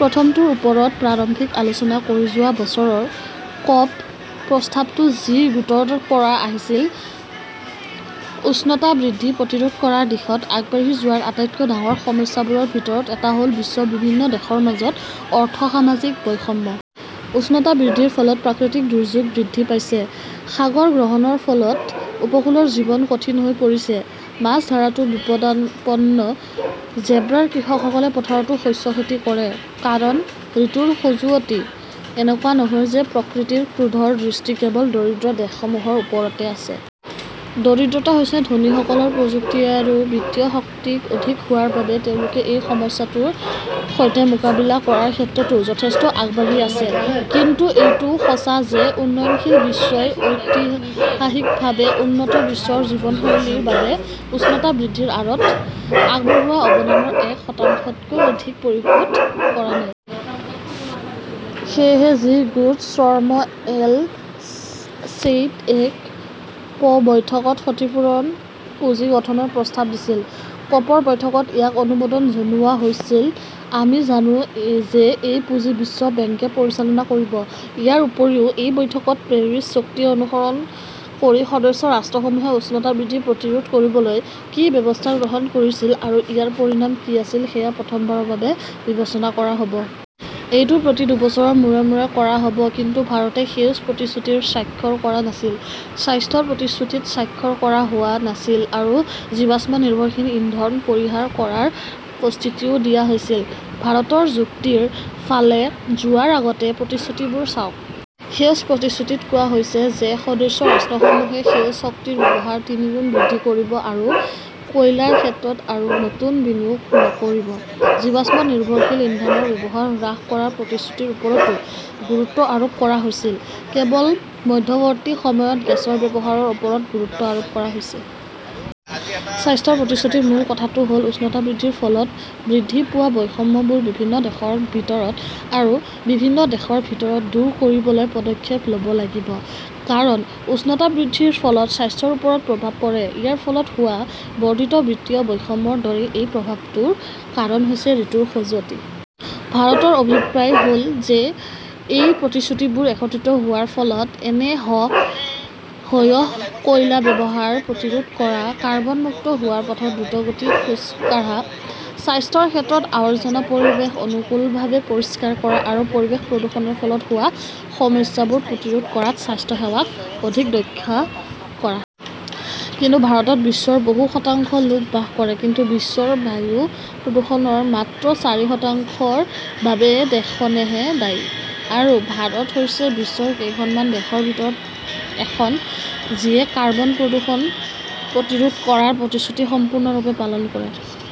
প্ৰথমটোৰ ওপৰত প্ৰাৰম্ভিক আলোচনা কৰি যোৱা বছৰৰ ক 'প. প্ৰস্তাৱটো জি- গোটৰ পৰা আহিছিল। উষ্ণতা বৃদ্ধি প্ৰতিৰোধ কৰাৰ দিশত আগবাঢ়ি যোৱাৰ আটাইতকৈ ডাঙৰ সমস্যাবোৰৰ ভিতৰত এটা হ'ল বিশ্বৰ বিভিন্ন দেশৰ মাজত অৰ্থ-সামাজিক বৈষম্য। উষ্ণতা বৃদ্ধিৰ ফলত প্ৰাকৃতিক দুৰ্যোগ বৃদ্ধি পাইছে। সাগৰ গ্ৰহণৰ ফলত উপকূলৰ জীৱন কঠিন হৈ পৰিছে। মাছ ধৰাটো বিপদাপন্ন। জেৰ্বাৰ কৃষকসকলে পথাৰতো শস্য খেতি কৰে। কাৰণ, ঋতুৰ খজুৱতি। এনেকুৱা নহয় যে প্ৰকৃতিৰ ক্ৰোধৰ দৃষ্টি কেৱল দৰিদ্ৰ দেশসমূহৰ ওপৰত আছে। দৰিদ্ৰতা হৈছে ধনীসকলৰ প্ৰযুক্তি আৰু বিত্তীয় শক্তি অধিক হোৱাৰ বাবে তেওঁলোকে এই সমস্যাটোৰ সৈতে মোকাবিলা কৰাৰ ক্ষেত্ৰতো যথেষ্ট আগবাঢ়ি আছে। কিন্তু এইটোও সঁচা যে উন্নয়নশীল বিশ্বই ঐতিহাসিকভাৱে উন্নত বিশ্বৰ জীৱনশৈলীৰ বাবে উষ্ণতা বৃদ্ধিৰ আঁৰত আগবঢ়োৱা অৱদানৰ এক শতাংশতকৈ অধিক পৰিশোধ কৰা নাই। সেয়েহে জি- গোট শৰ্ম এল-শ্বেইখ -এ ক 'প বৈঠকত ক্ষতিপূৰণ পুঁজি গঠনৰ প্ৰস্তাৱ দিছিল। কপ -ৰ বৈঠকত ইয়াক অনুমোদন জনোৱা হৈছিল। আমি জানো যে এই পুঁজি বিশ্ব বেংকে পৰিচালনা কৰিব। ইয়াৰ উপৰিও, এই বৈঠকত পেৰিছ চুক্তি অনুসৰণ কৰি সদস্য ৰাষ্ট্ৰসমূহে উষ্ণতা বৃদ্ধি প্ৰতিৰোধ কৰিবলৈ কি ব্যৱস্থা গ্ৰহণ কৰিছিল আৰু ইয়াৰ পৰিণাম কি আছিল সেয়া প্ৰথমবাৰৰ বাবে বিবেচনা কৰা হ'ব। এইটো প্ৰতি দুবছৰৰ মূৰে মূৰে কৰা হ'ব। কিন্তু ভাৰতে সেউজ প্ৰতিশ্ৰুতিত স্বাক্ষৰ কৰা নাছিল। স্বাস্থ্যৰ প্ৰতিশ্ৰুতিত স্বাক্ষৰ কৰা হোৱা নাছিল আৰু জীৱাশ্ম-নিৰ্ভৰশীল ইন্ধন পৰিহাৰ কৰাৰ প্ৰতিশ্ৰুতিও দিয়া হৈছিল। ভাৰতৰ যুক্তিৰ ফালে যোৱাৰ আগতে প্ৰতিশ্ৰুতিবোৰ চাওক। সেউজ প্ৰতিশ্ৰুতিত কোৱা হৈছে যে সদস্য ৰাষ্ট্ৰসমূহে সেউজ শক্তিৰ ব্যৱহাৰ তিনিগুণ বৃদ্ধি কৰিব আৰু কয়লাৰ ক্ষেত্ৰত আৰু নতুন বিনিয়োগ নকৰিব। জীৱাশ্ম-নিৰ্ভৰশীল ইন্ধনৰ ব্যৱহাৰ হ্ৰাস কৰাৰ প্ৰতিশ্ৰুতিৰ ওপৰতো গুৰুত্ব আৰোপ কৰা হৈছে। কেৱল মধ্যৱৰ্তী সময়ত গেছৰ ব্যৱহাৰৰ ওপৰত গুৰুত্ব আৰোপ কৰা হৈছে। স্বাস্থ্যৰ প্ৰতিশ্ৰুতিৰ মূল কথাটো হ'ল উষ্ণতা বৃদ্ধিৰ ফলত বৃদ্ধি পোৱা বৈষম্যবোৰ বিভিন্ন দেশৰ ভিতৰত আৰু বিভিন্ন দেশৰ ভিতৰত দূৰ কৰিবলৈ পদক্ষেপ ল'ব লাগিব। কাৰণ, উষ্ণতা বৃদ্ধিৰ ফলত স্বাস্থ্যৰ ওপৰত প্ৰভাৱ পৰে। ইয়াৰ ফলত হোৱা বৰ্ধিত বিত্তীয় বৈষম্যৰ দৰেই এই প্ৰভাৱটোৰ কাৰণ হৈছে ঋতুৰ খজুৱতি। ভাৰতৰ অভিপ্ৰায় হ'ল যে এই প্ৰতিশ্ৰুতিবোৰ একত্ৰিত হোৱাৰ ফলত এনে হয়ঃ কয়লা ব্যৱহাৰ প্ৰতিৰোধ কৰা; কাৰ্বন মুক্ত হোৱাৰ পথত দ্ৰুতগতিত খোজ কাঢ়া; স্বাস্থ্যৰ ক্ষেত্ৰত আৱৰ্জনা পৰিৱেশ অনুকূলভাৱে পৰিষ্কাৰ কৰা; আৰু পৰিৱেশ প্ৰদূষণৰ ফলত হোৱা সমস্যাবোৰ প্ৰতিৰোধ কৰাত স্বাস্থ্যসেৱাক অধিক দক্ষ কৰা। কিন্তু ভাৰতত বিশ্বৰ বহু শতাংশ লোক বাস কৰে। কিন্তু বিশ্বৰ বায়ু প্ৰদূষণৰ মাত্ৰ চাৰি শতাংশৰ বাবে দেশখনেহে দায়ী। আৰু ভাৰত হৈছে বিশ্বৰ কেইখনমান দেশৰ ভিতৰত এখন যিয়ে কাৰ্বন প্ৰদূষণ প্ৰতিৰোধ কৰাৰ প্ৰতিশ্ৰুতি সম্পূৰ্ণৰূপে পালন কৰে।